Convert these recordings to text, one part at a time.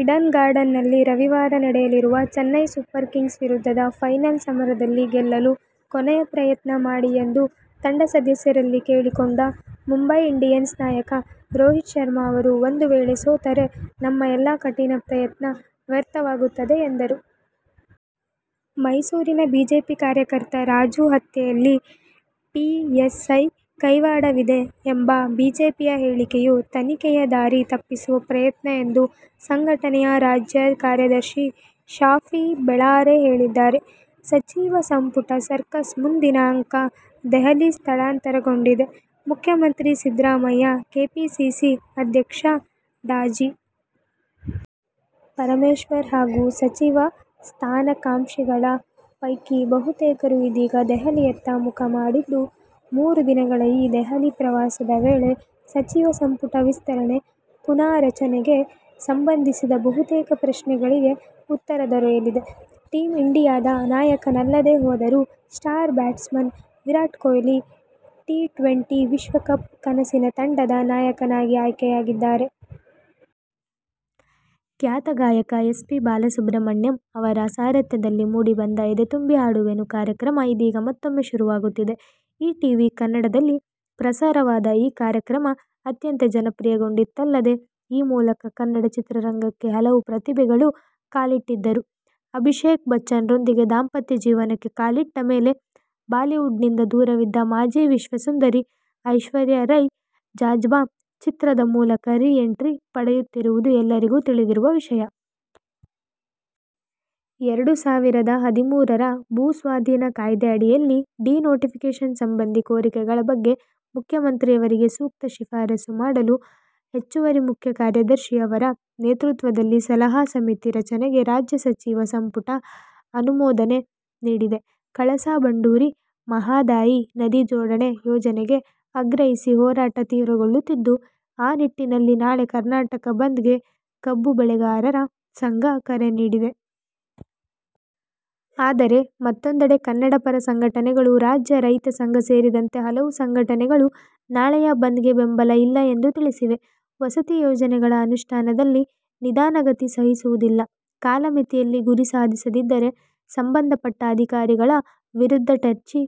Eden ಗಾರ್ಡನ್ಸ್ನಲ್ಲಿ ರವಿವಾರ ನಡೆಯಲಿರುವ ಚೆನ್ನೈ ಸೂಪರ್ ಕಿಂಗ್ಸ್ ವಿರುದ್ಧದ ಫೈನಲ್ ಸಮರದಲ್ಲಿ ಗೆಲ್ಲಲು ಕೊನೆಯ ಪ್ರಯತ್ನ ಮಾಡಿ ಎಂದು ತಂಡ ಸದಸ್ಯರಲ್ಲಿ ಕೇಳಿಕೊಂಡ ಮುಂಬೈ ಇಂಡಿಯನ್ಸ್ ನಾಯಕ ರೋಹಿತ್ ಶರ್ಮ ಅವರು ಒಂದು ವೇಳೆ ಸೋತರೆ ನಮ್ಮ ಎಲ್ಲ ಕಠಿನ ಪ್ರಯತ್ನ ವ್ಯರ್ಥವಾಗುತ್ತದೆ ಎಂದರು. ಮೈಸೂರಿನ ಬಿಜೆಪಿ ಕಾರ್ಯಕರ್ತ ರಾಜು ಹತ್ಯೆಯಲ್ಲಿ ಪಿಎಫ್ಐ ಕೈವಾಡವಿದೆ ಎಂಬ ಬಿಜೆಪಿಯ ಹೇಳಿಕೆಯು ತನಿಖೆಯ ದಾರಿ ತಪ್ಪಿಸುವ ಪ್ರಯತ್ನ ಎಂದು ಸಂಘಟನೆಯ ರಾಜ್ಯ ಕಾರ್ಯದರ್ಶಿ ಶಾಫಿ ಬೆಳ್ಳಾರೆ ಹೇಳಿದ್ದಾರೆ. ಸಚಿವ ಸಂಪುಟ ಸರ್ಕಸ್ ಮುಂದಿನ ಅಂಕ ದೆಹಲಿ ಸ್ಥಳಾಂತರಗೊಂಡಿದೆ. ಮುಖ್ಯಮಂತ್ರಿ ಸಿದ್ದರಾಮಯ್ಯ, ಕೆಪಿಸಿಸಿ ಅಧ್ಯಕ್ಷ ಡಾ ಜಿ. ಪರಮೇಶ್ವರ್ ಹಾಗೂ ಸಚಿವ ಸ್ಥಾನಾಕಾಂಕ್ಷಿಗಳ ಪೈಕಿ ಬಹುತೇಕರು ಇದೀಗ ದೆಹಲಿಯತ್ತ ಮುಖ ಮಾಡಿದ್ದು, ಮೂರು ದಿನಗಳ ಈ ದೆಹಲಿ ಪ್ರವಾಸದ ವೇಳೆ ಸಚಿವ ಸಂಪುಟ ವಿಸ್ತರಣೆ, ಪುನಾರಚನೆಗೆ ಸಂಬಂಧಿಸಿದ ಬಹುತೇಕ ಪ್ರಶ್ನೆಗಳಿಗೆ ಉತ್ತರ ದೊರೆಯಲಿದೆ. ಟೀಮ್ ಇಂಡಿಯಾದ ನಾಯಕನಲ್ಲದೇ ಹೋದರೂ star batsman Virat Kohli T twenty ವಿಶ್ವಕಪ್ ಕನಸಿನ ತಂಡ'ದ ನಾಯಕನಾಗಿ ಆಯ್ಕೆಯಾಗಿದ್ದಾರೆ. ಖ್ಯಾತ ಗಾಯಕ ಎಸ್. ಪಿ. ಬಾಲಸುಬ್ರಹ್ಮಣ್ಯಂ ಅವರ ಸಾರಥ್ಯದಲ್ಲಿ ಮೂಡಿಬಂದ ಎದೆ ತುಂಬಿ ಹಾಡುವೆನು ಕಾರ್ಯಕ್ರಮ ಇದೀಗ ಮತ್ತೂಮ್ಮೆ ಶುರುವಾಗುತ್ತಿದೆ. ಈ ಟಿವಿ ಕನ್ನಡದಲ್ಲಿ ಪ್ರಸಾರವಾದ ಈ ಕಾರ್ಯಕ್ರಮ, ಅತ್ಯಂತ ಜನಪ್ರಿಯಗೊಂಡಿತ್ತಲ್ಲದೆ, ಈ ಮೂಲಕ ಕನ್ನಡ ಚಿತ್ರರಂಗಕ್ಕೆ ಹಲವು ಪ್ರತಿಭೆಗಳು ಕಾಲಿಟ್ಟಿದ್ದರು. ಅಭಿಷೇಕ್ ಬಚ್ಚನ್ ರೊಂದಿಗೆ ದಾಂಪತ್ಯ ಜೀವನಕ್ಕೆ ಕಾಲಿಟ್ಟ ಮೇಲೆ ಬಾಲಿವುಡ್'ನಿಂದ ದೂರವಿದ್ದ ಮಾಜಿ ವಿಶ್ವ ಸುಂದರಿ ಐಶ್ವರ್ಯ ರೈ ಜಝ್ಬಾ ಚಿತ್ರದ ಮೂಲಕ ರೀ ಎಂಟ್ರಿ ಪಡೆಯುತ್ತಿರುವುದು ಎಲ್ಲರಿಗೂ ತಿಳಿದಿರುವ ವಿಷಯ. ಎರಡು ಸಾವಿರದ ಹದಿಮೂರರ ಭೂ ಸ್ವಾಧೀನ ಕಾಯ್ದೆ ಅಡಿಯಲ್ಲಿ ಡಿ-ನೋಟಿಫಿಕೇಷನ್ ಸಂಬಂಧಿ ಕೋರಿಕೆಗಳ ಬಗ್ಗೆ ಮುಖ್ಯಮಂತ್ರಿಯವರಿಗೆ ಸೂಕ್ತ ಶಿಫಾರಸು ಮಾಡಲು ಹೆಚ್ಚುವರಿ ಮುಖ್ಯ ಕಾರ್ಯದರ್ಶಿ ಅವರ ನೇತೃತ್ವದ ಸಲಹಾ ಸಮಿತಿ ರಚನೆಗೆ ರಾಜ್ಯ ಸಚಿವ ಸಂಪುಟ ಅನುಮೋದನೆ ನೀಡಿದೆ. ಕಳಸಾ ಬಂಡೂರಿ, ಮಹಾದಾಯಿ ನದಿ ಜೋಡಣೆ ಯೋಜನೆಗೆ ಆಗ್ರಹಿಸಿ ಹೋರಾಟ ತೀವ್ರಗೊಳ್ಳುತ್ತಿದ್ದು, ಆ ನಿಟ್ಟಿನಲ್ಲಿ ನಾಳೆ ಕರ್ನಾಟಕ ಬಂದ್ ಗೆ ಕಬ್ಬು ಬೆಳೆಗಾರರ ಸಂಘ ಕರೆ ನೀಡಿದೆ. ಆದರೆ ಮತ್ತೊಂದೆಡೆ ಕನ್ನಡ ಪರ ಸಂಘಟನೆಗಳು, ರಾಜ್ಯ ರೈತ ಸಂಘ ಸೇರಿದಂತೆ ಹಲವು ಸಂಘಟನೆಗಳು ನಾಳೆಯ ಬಂದ್ ಗೆ ಬೆಂಬಲ ಇಲ್ಲ ಎಂದು ತಿಳಿಸಿವೆ. ವಸತಿ ಯೋಜನೆಗಳ ಅನುಷ್ಠಾನದಲ್ಲಿ ನಿಧಾನಗತಿ ಸಹಿಸುವುದಿಲ್ಲ. ಕಾಲಮಿತಿಯಲ್ಲಿ ಗುರಿ ಸಾಧಿಸದಿದ್ದರೆ ಸಂಬಂಧಪಟ್ಟ ಅಧಿಕಾರಿಗಳ ವಿರುದಟಛಿ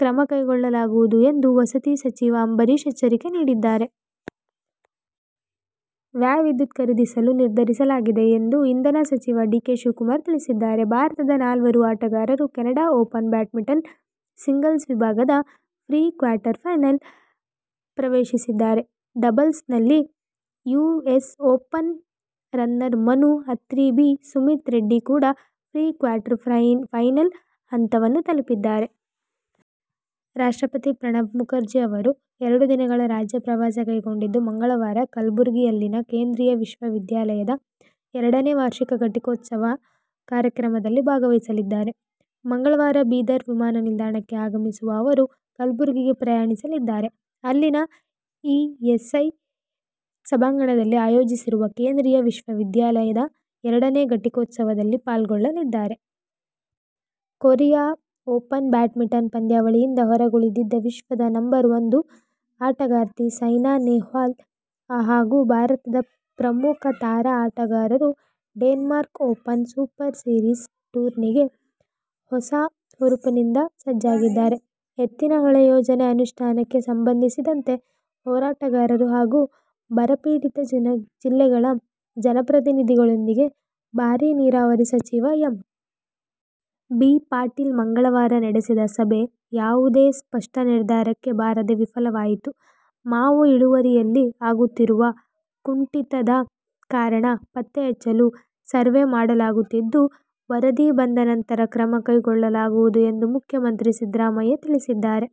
ಕ್ರಮಕೈಗೊಳ್ಳಲಾಗುವುದು ಎಂದು ವಸತಿ ಸಚಿವ ಅಂಬರೀಶ್ ಎಚ್ಚರಿಕೆ ನೀಡಿದ್ದಾರೆ. ವ್ಯಾ ವಿದ್ಯುತ್ ಖರೀದಿಸಲು ನಿರ್ಧರಿಸಲಾಗಿದೆ ಎಂದು ಇಂಧನ ಸಚಿವ ಡಿ. ಕೆ. ಶಿವಕುಮಾರ್ ತಿಳಿಸಿದ್ದಾರೆ. ಭಾರತದ ನಾಲ್ವರು ಆಟಗಾರರು ಕೆನಡಾ ಓಪನ್ ಬ್ಯಾಡ್ಮಿಂಟನ್ ಸಿಂಗಲ್ಸ್ ವಿಭಾಗದ ಪ್ರೀ-ಕ್ವಾರ್ಟರ್ ಫೈನಲ್ ಪ್ರವೇಶಿಸಿದ್ದಾರೆ. ಡಬಲ್ಸ್ನಲ್ಲಿ US open runner Manu Attri B. Sumeeth Reddy ಕೂಡ ಪ್ರೀ-ಕ್ವಾರ್ಟರ್ ಫೈನಲ್ ಹಂತವನ್ನು ತಲಪಿದ್ದಾರೆ. ರಾಷ್ಟ್ರಪತಿ ಪ್ರಣಬ್ ಮುಖರ್ಜಿ ಅವರು ಎರಡು ದಿನಗಳ ರಾಜ್ಯ ಪ್ರವಾಸಕೈಗೊಂಡಿದ್ದು, ಮಂಗಳವಾರ ಕಲಬುರ್ಗಿಯಲ್ಲಿನ ಕೇಂದ್ರೀಯ ವಿಶ್ವವಿದ್ಯಾಲಯದ ಎರಡನೇ ವಾರ್ಷಿಕ ಘಟಿಕೋತ್ಸವ ಕಾರ್ಯಕ್ರಮದಲ್ಲಿ ಭಾಗವಹಿಸಲಿದ್ದಾರೆ. ಮಂಗಳವಾರ ಬೀದರ್ ವಿಮಾನ ನಿಲ್ದಾಣಕ್ಕೆ ಆಗಮಿಸುವ ಅವರು, ಕಲಬುರ್ಗಿಗೆ ಪ್ರಯಾಣಿಸಲಿದ್ದಾರೆ. ಅಲ್ಲಿನ ಇಎಸ್ಐ ಸಭಾಂಗಣದಲ್ಲಿ ಆಯೋಜಿಸಿರುವ ಕೇಂದ್ರಿಯ ವಿಶ್ವವಿದ್ಯಾಲಯದ ಎರಡನೇ ಘಟಿಕೋತ್ಸವದಲ್ಲಿ ಪಾಲ್ಗೊಳ್ಳಲಿದ್ದಾರೆ. ಕೊರಿಯಾ ಓಪನ್ ಬ್ಯಾಡ್ಮಿಂಟನ್ ಪಂದ್ಯಾವಳಿಯಿಂದ ಹೊರಗುಳಿದಿದ್ದ ವಿಶ್ವದ ನಂಬರ್ ಒಂದು ಆಟಗಾರ್ತಿ ಸೈನಾ ನೆಹ್ವಾಲ್ ಹಾಗೂ ಭಾರತದ ಪ್ರಮುಖ ತಾರಾ ಆಟಗಾರರು ಡೆನ್ಮಾರ್ಕ್ ಓಪನ್ ಸೂಪರ್ ಸೀರೀಸ್ ಟೂರ್ನಿಗೆ ಹೊಸ ಹುರುಪಿನಿಂದ ಸಜ್ಜಾಗಿದ್ದಾರೆ. ಎತ್ತಿನಹೊಳೆ ಯೋಜನೆ ಅನುಷ್ಠಾನಕ್ಕೆ ಸಂಬಂಧಿಸಿದಂತೆ ಹೋರಾಟಗಾರರು ಹಾಗೂ ಬರಪೀಡಿತ ಜಿಲ್ಲೆಗಳ ಜನಪ್ರತಿನಿಧಿಗಳೊಂದಿಗೆ ಭಾರಿ ನೀರಾವರಿ ಸಚಿವ ಎಂ. ಬಿ. ಪಾಟೀಲ್ ಮಂಗಳವಾರ ನಡೆಸಿದ ಸಭೆ ಯಾವುದೇ ಸ್ಪಷ್ಟ ನಿರ್ಧಾರಕ್ಕೆ ಬಾರದೆ ವಿಫಲವಾಯಿತು. ಮಾವು ಇಳುವರಿಯಲ್ಲಿ ಆಗುತ್ತಿರುವ ಕುಂಠಿತದ ಕಾರಣ ಪತ್ತೆಹಚ್ಚಲು ಸರ್ವೆ ಮಾಡಲಾಗುತ್ತಿದ್ದು, ವರದಿ ಬಂದ ನಂತರ ಕ್ರಮ ಕೈಗೊಳ್ಳಲಾಗುವುದು ಎಂದು ಮುಖ್ಯಮಂತ್ರಿ ಸಿದ್ದರಾಮಯ್ಯ ತಿಳಿಸಿದ್ದಾರೆ.